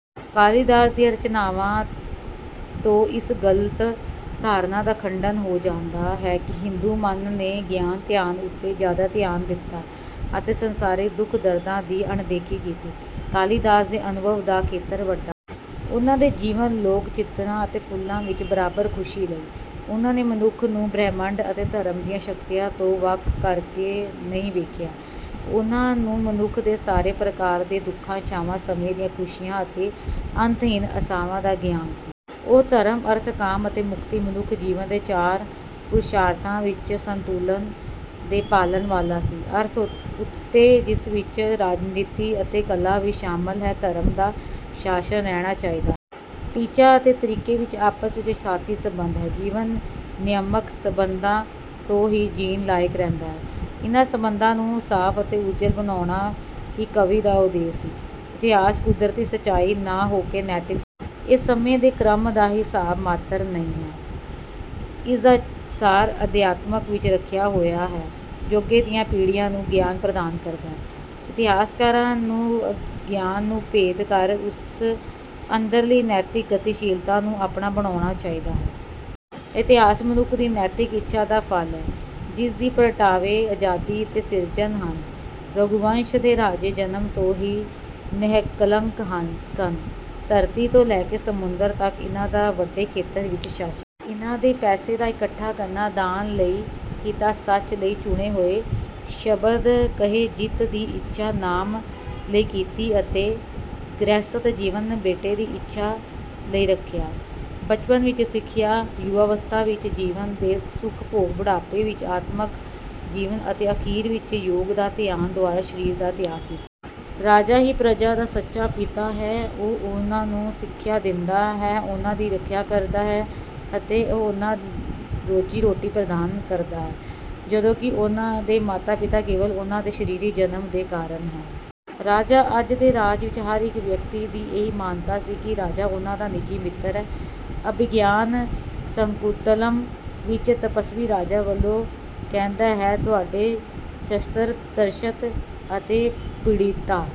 ਕਾਲੀਦਾਸ ਦੀਆਂ ਰਚਨਾਵਾਂ ਤੋਂ ਇਸ ਗਲਤ ਧਾਰਨਾ ਦਾ ਖੰਡਨ ਹੋ ਜਾਂਦਾ ਹੈ ਕਿ ਹਿੰਦੂ ਮਨ ਨੇ ਗਿਆਨ ਧਿਆਨ ਉੱਤੇ ਜਿਆਦਾ ਧਿਆਨ ਦਿੱਤਾ ਅਤੇ ਸੰਸਾਰਿਕ ਦੁੱਖ ਦਰਦਾਂ ਦੀ ਅਣਦੇਖੀ ਕੀਤੀ। ਕਾਲੀਦਾਸ ਦੇ ਅਨੁਭਵ ਦਾ ਖੇਤਰ ਵੱਡਾ ਉਨ੍ਹਾਂ ਨੇ ਜੀਵਨ ਲੋਕ ਚਿਤਰਾਂ ਅਤੇ ਫੁੱਲਾਂ ਵਿੱਚ ਬਰਾਬਰ ਖੁਸ਼ੀ ਲਈ। ਉਨ੍ਹਾਂ ਨੇ ਮਨੁੱਖ ਨੂੰ ਬ੍ਰਹਿਮੰਡ ਅਤੇ ਧਰਮ ਦੀਆਂ ਸ਼ਕਤੀਆਂ ਤੋਂ ਵੱਖ ਕਰਕੇ ਨਹੀਂ ਵੇਖਿਆ। ਉਨ੍ਹਾਂ ਨੂੰ ਮਨੁੱਖ ਦੇ ਸਾਰੇ ਪ੍ਰਕਾਰ ਦੇ ਦੁਖਾਂ ਇੱਛਾਵਾਂ ਸਮੇਂ ਦੀਆਂ ਖੁਸ਼ੀਆਂ ਅਤੇ ਅੰਤਹੀਨ ਅਸਾਵਾਂ ਦਾ ਗਿਆਨ ਸੀ। ਉਹ ਧਰਮ ਅਰਥ ਕਾਮ ਅਤੇ ਮੁਕਤੀ ਮਨੁੱਖ ਜੀਵਨ ਦੇ ਚਾਰ ਪੁਰੁਸ਼ਾਰਥਾਂ ਵਿੱਚ ਸੰਤੁਲਨ ਦੇ ਪਾਲਣ ਵਾਲਾ ਸੀ। ਅਰਥ ਉੱਤੇ ਜਿਸ ਵਿੱਚ ਰਾਜਨੀਤੀ ਅਤੇ ਕਲਾ ਵੀ ਸ਼ਾਮਿਲ ਹੈ ਧਰਮ ਦਾ ਸ਼ਾਸਨ ਰਹਿਣਾ ਚਾਹੀਦਾ। ਟੀਚਾ ਅਤੇ ਤਰੀਕੇ ਵਿੱਚ ਆਪਸ ਵਿੱਚ ਸਾਥੀ ਸੰਬੰਧ ਹੈ। ਜੀਵਨ ਨਿਯਮਕ ਸਬੰਧਾਂ ਤੋਂ ਹੀ ਜੀਣ ਲਾਇਕ ਰਹਿੰਦਾ ਹੈ। ਇਨ੍ਹਾਂ ਸਬੰਧਾਂ ਨੂੰ ਸਾਫ ਅਤੇ ਉੱਜਲ ਬਣਾਉਣਾ ਹੀ ਕਵੀ ਦਾ ਉਦੇਸ਼ ਸੀ। ਇਤਹਾਸ ਕੁਦਰਤੀ ਸਚਾਈ ਨਾ ਹੋਕੇ ਨੈਤਿਕ ਇਹ ਸਮੇਂ ਦੇ ਕ੍ਰਮ ਦਾ ਹਿਸਾਬ ਮਾਤਰ ਨਹੀਂ ਹੈ। ਇਸਦਾ ਸਾਰ ਅਧਿਆਤਮ ਵਿੱਚ ਰਖਿਆ ਹੋਇਆ ਹੈ ਜੋ ਅੱਗੇ ਦੀਆਂ ਪੀੜੀਆਂ ਨੂੰ ਗਿਆਨ ਪ੍ਰਦਾਨ ਕਰਦਾ ਹੈ। ਇਤਿਹਾਸਕਾਰਾਂ ਨੂੰ ਅਗਿਆਨ ਨੂੰ ਭੇਦ ਕਰ ਉਸ ਅੰਦਰਲੀ ਨੈਤਿਕ ਗਤੀਸ਼ੀਲਤਾ ਨੂੰ ਆਪਣਾ ਬਣਾਉਣਾ ਚਾਹੀਦਾ ਹੈ। ਇਤਹਾਸ ਮਨੁੱਖ ਦੀ ਨੈਤਿਕ ਇੱਛਾ ਦਾ ਫਲ ਹੈ ਜਿਸਦੀ ਪ੍ਰਗਟਾਵੇ ਆਜ਼ਾਦੀ ਅਤੇ ਸਿਰਜਣ ਹਨ। ਰਘੂਵੰਸ਼ ਦੇ ਰਾਜੇ ਜਨਮ ਤੋਂ ਹੀ ਨਿਹਕਲੰਕ ਸਨ। ਧਰਤੀ ਤੋਂ ਲੈ ਕੇ ਸਮੁੰਦਰ ਤੱਕ ਇਨ੍ਹਾਂ ਦਾ ਵੱਡੇ ਖੇਤਰ ਵਿੱਚ ਸ਼ਾਸਨ ਇਨ੍ਹਾਂ ਨੇ ਪੈਸੇ ਦਾ ਇਕੱਠਾ ਕਰਨਾ ਦਾਨ ਲਈ ਕੀਤਾ ਸੱਚ ਲਈ ਚੁਣੇ ਹੋਏ ਸ਼ਬਦ ਕਹੇ ਜਿੱਤ ਦੀ ਇੱਛਾ ਨਾਮ ਲਈ ਕੀਤੀ ਅਤੇ ਗ੍ਰਹਸਥ ਜੀਵਨ ਬੇਟੇ ਦੀ ਇੱਛਾ ਲਈ ਰੱਖਿਆ। ਬਚਪਨ ਵਿੱਚ ਸਿੱਖਿਆ ਯੁਵਾਵਸਥਾ ਵਿੱਚ ਜੀਵਨ ਦੇ ਸੁਖ ਭੋਗ ਬੁਢਾਪੇ ਵਿੱਚ ਆਤਮਕ ਜੀਵਨ ਅਤੇ ਅਖੀਰ ਵਿੱਚ ਯੋਗ ਜਾਂ ਧਿਆਨ ਦੁਆਰਾ ਸਰੀਰ ਦਾ ਤਿਆਗ ਰਾਜਾ ਹੀ ਪ੍ਰਜਾ ਦਾ ਸੱਚਾ ਪਿਤਾ ਹੈ ਉਹ ਉਨ੍ਹਾਂਨੂੰ ਸਿੱਖਿਆ ਦਿੰਦਾ ਹੈ ਉਨ੍ਹਾਂ ਦੀ ਰੱਖਿਆ ਕਰਦਾ ਹੈ ਅਤੇ ਉਨ੍ਹਾਂਨੂੰ ਰੋਜ਼ੀ ਰੋਟੀ ਪ੍ਰਦਾਨ ਕਰਦਾ ਹੈ ਜਦੋਂ ਕਿ ਉਨ੍ਹਾਂ ਦੇ ਮਾਤਾ ਪਿਤਾ ਕੇਵਲ ਉਨ੍ਹਾਂ ਦੇ ਸਰੀਰਕ ਜਨਮ ਦੇ ਕਾਰਨ ਹੈ। ਰਾਜਾ ਅਜ ਦੇ ਰਾਜ ਵਿੱਚ ਹਰ ਇੱਕ ਵਿਅਕਤੀ ਦੀ ਇਹੀ ਮਾਨਤਾ ਸੀ ਕਿ ਰਾਜਾ ਉਨ੍ਹਾਂ ਦਾ ਨਿੱਜੀ ਮਿੱਤਰ ਹੈ। ਅਭਿਗਿਆਨ ਸ਼ਕੁੰਤਲਮ ਵਿੱਚ ਤਪੱਸਵੀ ਰਾਜਾ ਵਲੋਂ ਕਹਿੰਦਾ ਹੈ ਤੁਹਾਡੇ ਸ਼ਸਤਰ ਤਰਸਤ ਅਤੇ ਪੀੜੀਤਾਂ